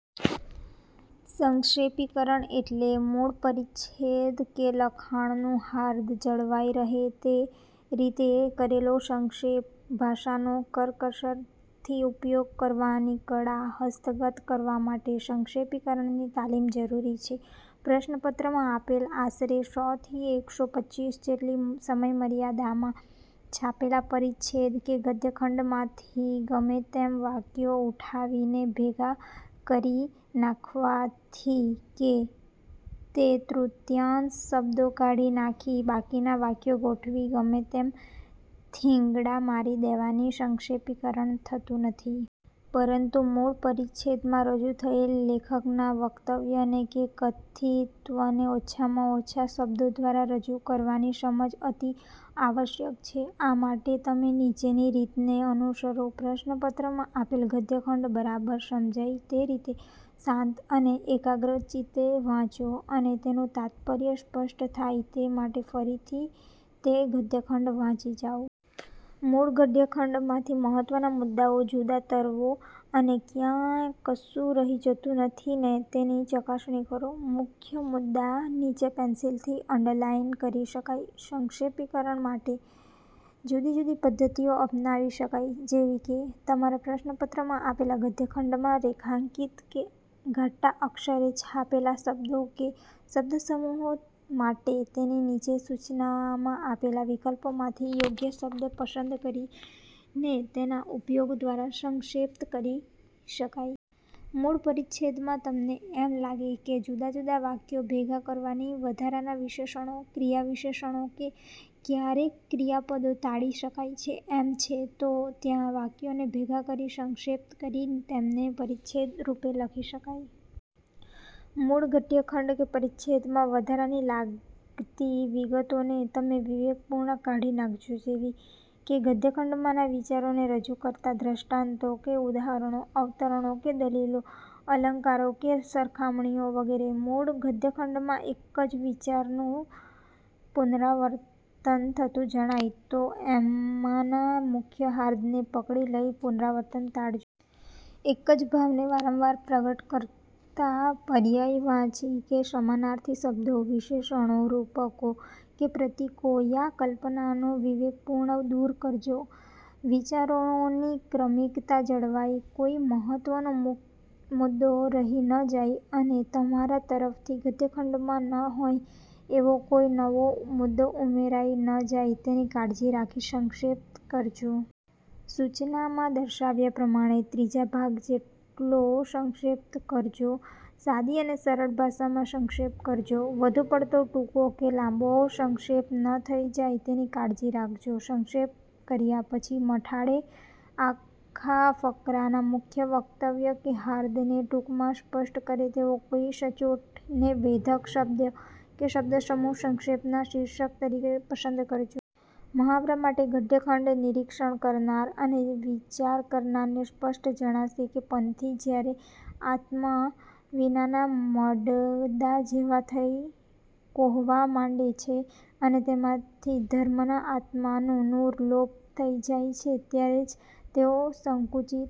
સંક્ષેપીકરણ એટલે મૂળ પરિચ્છેદ કે લખાણનું હાર્દ જળવાઈ રહે તે રીતે કરેલો સંક્ષેપ. ભાષાનો કરકસરથી ઉપયોગ કરવાની કળા હસ્તગત કરવા માટે સંક્ષેપીકરણની તાલીમ જરૂરી છે. પ્રશ્નપત્રમાં આપેલ આશરે સો થી એકસો પચીસ જેટલી શબ્દમર્યાદામાં છાપેલા પરિચ્છેદ કે ગદ્યખંડમાંથી ગમે તેમ વાક્યો ઉઠાવીને ભેગાં કરી નાખવાથી કે તે તૃતીયાંશ શબ્દો કાઢી નાખી બાકીના વાક્યો ગોઠવી, ગમે તેમ થીંગડા મારી દેવાથી સંક્ષેપીકરણ થતું નથી. પરંતુ મૂળ પરિચ્છેદમાં રજૂ થયેલ લેખકના વક્તવ્યને કે કથયિતવ્યને ઓછામાં ઓછા શબ્દો દ્વારા રજૂ કરવાની સમજ અતિ આવશ્યક છે. આ માટે તમે નીચેની રીતને અનુસરો: પ્રશ્નપત્રમાં આપેલ ગદ્યખંડ બરાબર સમજાય તે રીતે, શાંત અને એકાગ્રચિતે વાંચો અને તેનું તાત્પર્ય સ્પષ્ટ થાય તે માટે ફરીથી તે ગદ્યખંડ વાંચી જાઓ. મૂળ ગદ્યખંડમાંથી મહત્ત્વના મુદ્દાઓ જુદા તરવો અને ક્યાંય કશું રહી જતું નથીને તેની ચકાસણી કરો. મુખ્ય મુદા નીચે પેન્સિલથી અન્ડરલાઇન કરી શકાય. સંક્ષેપીકરણ માટે જુદી જુદી પદ્ધતિઓ અપનાવી શકાય. જેવી કે, તમારા પ્રશ્નપત્રમાં આપેલ ગદ્યખંડમાં રેખાંકિત કે ઘાટા અક્ષરે છાપેલા શબ્દો કે શબ્દસમૂહો માટે તેની નીચે સૂચનામાં આપેલા વિકલ્પોમાંથી યોગ્ય શબ્દ પસંદ કરીને તેના ઉપયોગ દ્વારા સંક્ષેપ કરી શકાય. મૂળ પરિચ્છેદમાં તમને એમ લાગે કે જુદાજુદા વાક્યો ભેગા કરવાથી વધારાના વિશેષણો, ક્રિયા વિશેષણો કે કયારેક ક્રિયાપદો ટાળી શકાય. એમ છે, તો ત્યાં વાક્યોને ભેગા કરી સંક્ષેપ કરી તેમને પરિચ્છેદ રૂપે લખી શકાય. મૂળ ગદ્યખંડ કે પરિચ્છેદમાં વધારાની લાગતી વિગતોને તમે વિવેકપૂર્વક કાઢી નાખજો. જેવી કે ગદ્યખંડમાંના વિચારને રજૂ કરતા દૃષ્ટાંતો કે ઉદાહરણો, અવતરણો કે દલીલો, અલંકારો કે સરખામણીઓ વગેરે. મૂળ ગદ્યખંડમાં એક જ વિચારનું પુનરાવર્તન થતું જણાય તો એમાંના મુખ્ય હાર્દને પકડી લઈ પુનરાવર્તન ટાળજો. એક જ ભાવને વારંવાર પ્રગટ કરતાં પર્યાયવાચી કે સમાનાર્થી શબ્દો, વિશેષણો, રૂપકો કે પ્રતીકો યા કલ્પનોને વિવેકપૂર્વક દૂર કરજો. વિચારોની ક્રમિકતા જળવાય, કોઈ મહત્ત્વનો મુદ્દો રહી ન જાય અને તમારા તરફથી ગદ્યખંડમાં ન હોય એવો કોઈ નવો મુદ્દો ઉમેરાઈ ન જાય તેની કાળજી રાખી સંક્ષેપ કરજો. સૂચનામાં દર્શાવ્યા પ્રમાણે ત્રીજા ભાગ જેટલો સંક્ષેપ કરજો. સાદી અને સરળ ભાષામાં સંક્ષેપ કરજો. વધુ પડતો ટૂંકો કે લાંબો સંક્ષેપ ન થઈ જાય તેની કાળજી રાખજો. સંક્ષેપ કર્યા પછી મથાળે આખા ફકરાના મુખ્ય વક્તવ્ય કે હાર્દને ટૂંકમાં સ્પષ્ટ કરે તેવો કોઈ સચોટ ને વેધક શબ્દ કે શબ્દસમૂહ સંક્ષેપના શીર્ષક તરીકે પસંદ કરજો. મહાવરા માટે ગદ્યખંડ "નિરીક્ષણ કરનાર અને વિચાર કરનારને સ્પષ્ટ જણાશે કે પંથી જયારે આત્મા વિનાના મડદા જેવા થઈ કોહવા માંડે છે અને તેમાંથી ધર્મના આત્માનું નૂર લોપ થઈ જાય છે ત્યારે જ તેઓ સંકુચિત